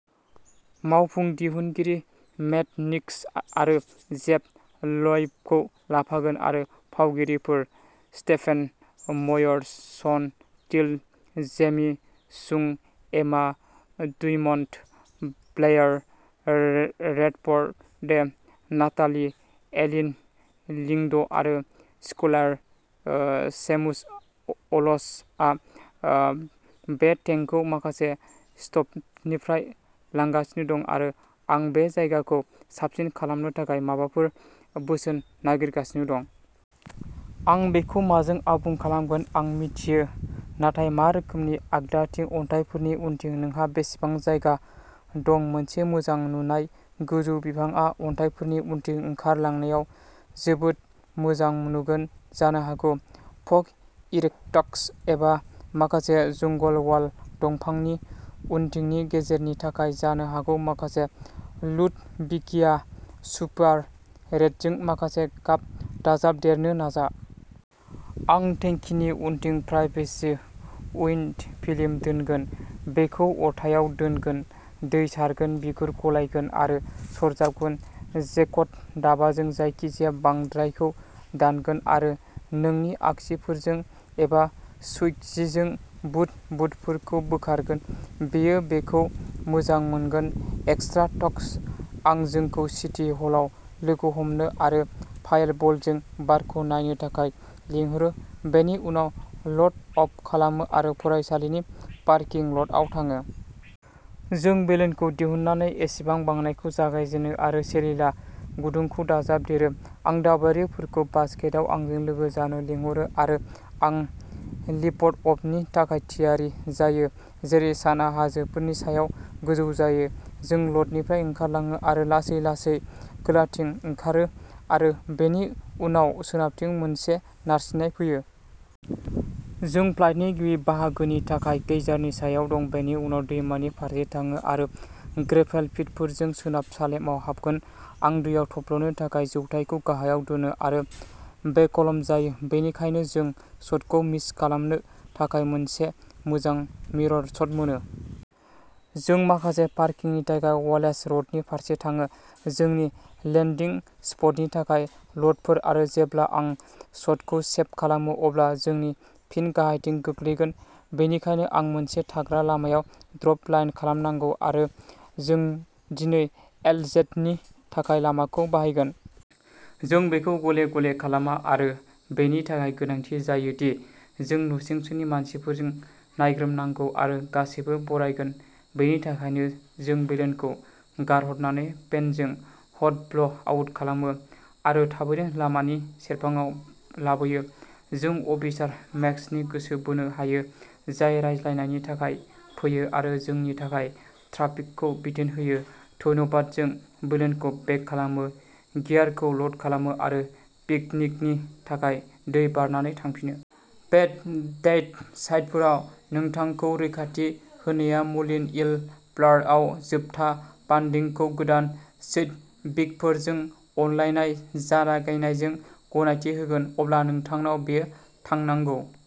मावफुं दिहुनगिरि Matt Nix आरो जेफ ल'इबखौ लाफागोन आरो फावगिरिफोर Stephen Moyer Sean Teale Jamie Chung Emma Dumont Blair Redford Natalie Alyn Lind आरो स्काइलार ओ सेमुअल्स। अलस आ बे टेंकखौ माखासे सप्तानिफ्राय लांगासिनो दं आरो आं बे जायगाखौ साबसिन खालामनो थाखाय माबाफोर बोसोन नागिरगासिनो दं। आं बेखौ माजों आबुं खालामगोन आं मिथियो नाथाय मा रोखोमनि आगदाथिं अन्थाइफोरनि उनथिं नोंहा बेसेबां जायगा दं मोनसे मोजां नुजानाय गोजौ बिफांआ अन्थाइफोरनि उनथिं ओंखारलांनायाव जोबोद मोजां नुगोन जानो हागौ प'ग'इरेक्टास एबा माखासे जंगल वाल दंफांनि उनथिंनि गेजेरनि थाखाय जानो हागौ माखासे लुडविगिया सुपार रेडजों माखासे गाब दाजाबदेरनो नाजा। आं टेंकनि उनथिं प्राइभेसि उइन्ड'फिल्म दोनगोन बेखौ अरथायाव दानगोन दै सारगोन बिगुर गलायगोन आरो सरजाबगोन जेक्ट'दाबाजों जायखिजाया बांद्रायखौ दानगोन आरो नोंनि आसिफोरजों एबा स्कुइजिजों बुद बुदफोरखौ बोखारगोन बेयो बेखौ मोजां मोनगोन। एक्सट्रा टच आं जोंखौ सिटी हलाव लोगो हमनो आरो पाइ बलजों बारखौ नायनो थाखाय लिंहरो बेनि उनाव ल'ड आप खालामो आरो फरायसालिनि पार्किं ल'टआव थाङो। जों बेलुनखौ दिहुननानै बेसेन बांनायखौ जागायजेनो आरो सेसिला गुदुंखौ दाजाबदेरो। आं दावबायारिफोरखौ बास्केटआव आंजों लोगो जानो लिंहरो आरो आं लिफ्ट अफनि थाखाय थियारि जायो जेरै सानआ हाजोफोरनि सायाव गोजौ जायो। जों ल'टनिफ्राय ओंखारलाङो आरो लासै लासै खोलाथिं ओंखारो आरो बेनि उनाव सोनाबथिं मोनसे नारसिन्नाय फैयो। जों फ्लाइटनि गिबि बाहागोनि थाखाय केइजारनि सायाव दं बेनि उनाव दैमानि फारसे थाङो आरो ग्रेभेल पिटफोरजों सोनाब सालेमआव हाबगोन। आं दैयाव थब्लनो थाखाय जौथाइखौ गाहायाव दोनो आरो बेकलम जायो बेनिखायनो जों शटखौ मिस खालामो नाथाय मोनसे मोजां मिरर शट मोनो। जों माखासे पार्किंनि थाखाय वालेस र'डनि फारसे थाङो। जोंनि लेन्दिं स्पटनि थाखाय ल'टफोर आरो जेब्ला आं शटखौ सेब खालामो अब्ला जों फिन गाहायथिं गोग्लैगोन बेनिखायनो आं मोनसे थाग्रा लामायाव ड्रप लाइन खालामनांगौ आरो जों दिनै एलजेडनि थाखाय लामाखौ बाहायगोन। जों बेखौ गले गले खालामा आरो बेनि थाखाय गोनांथि जायो दि जों नसुंसेनि मानसिफोरजों नायग्रोमनांगौ आरो गासैबो बरायगोन बेनिखायनो जों बेलुनखौ गारहरनानै फेनजों हट ब्ल'आउट खालामो आरो थाबैनो लामानि सेरफाङाव लाबोयो। जों अफिसार मेक्सनि गोसो बोनो हायो जाय रायज्लायनायनि थाखाय फैयो आरो जोंनि थाखाय ट्राफिकखौ बिथोन होयो धन्यबा जों बेलुनखौ बेग खालामो गियारखौ ल'ड खालामो आरो पिकनिकनि थाखाय दैमा बारनानै थांफिनो। फेद डेट साइटफोराव नोंथांखौ रैखाथि होनाया म'लिन इल फ्लार्टआव जोबथा फान्डिंखौ गोदान चैडविकफोरजों अनलाइन जागायनायजों गनायथि होगोन अब्ला नोंथांनाव बेयो थानांगौ।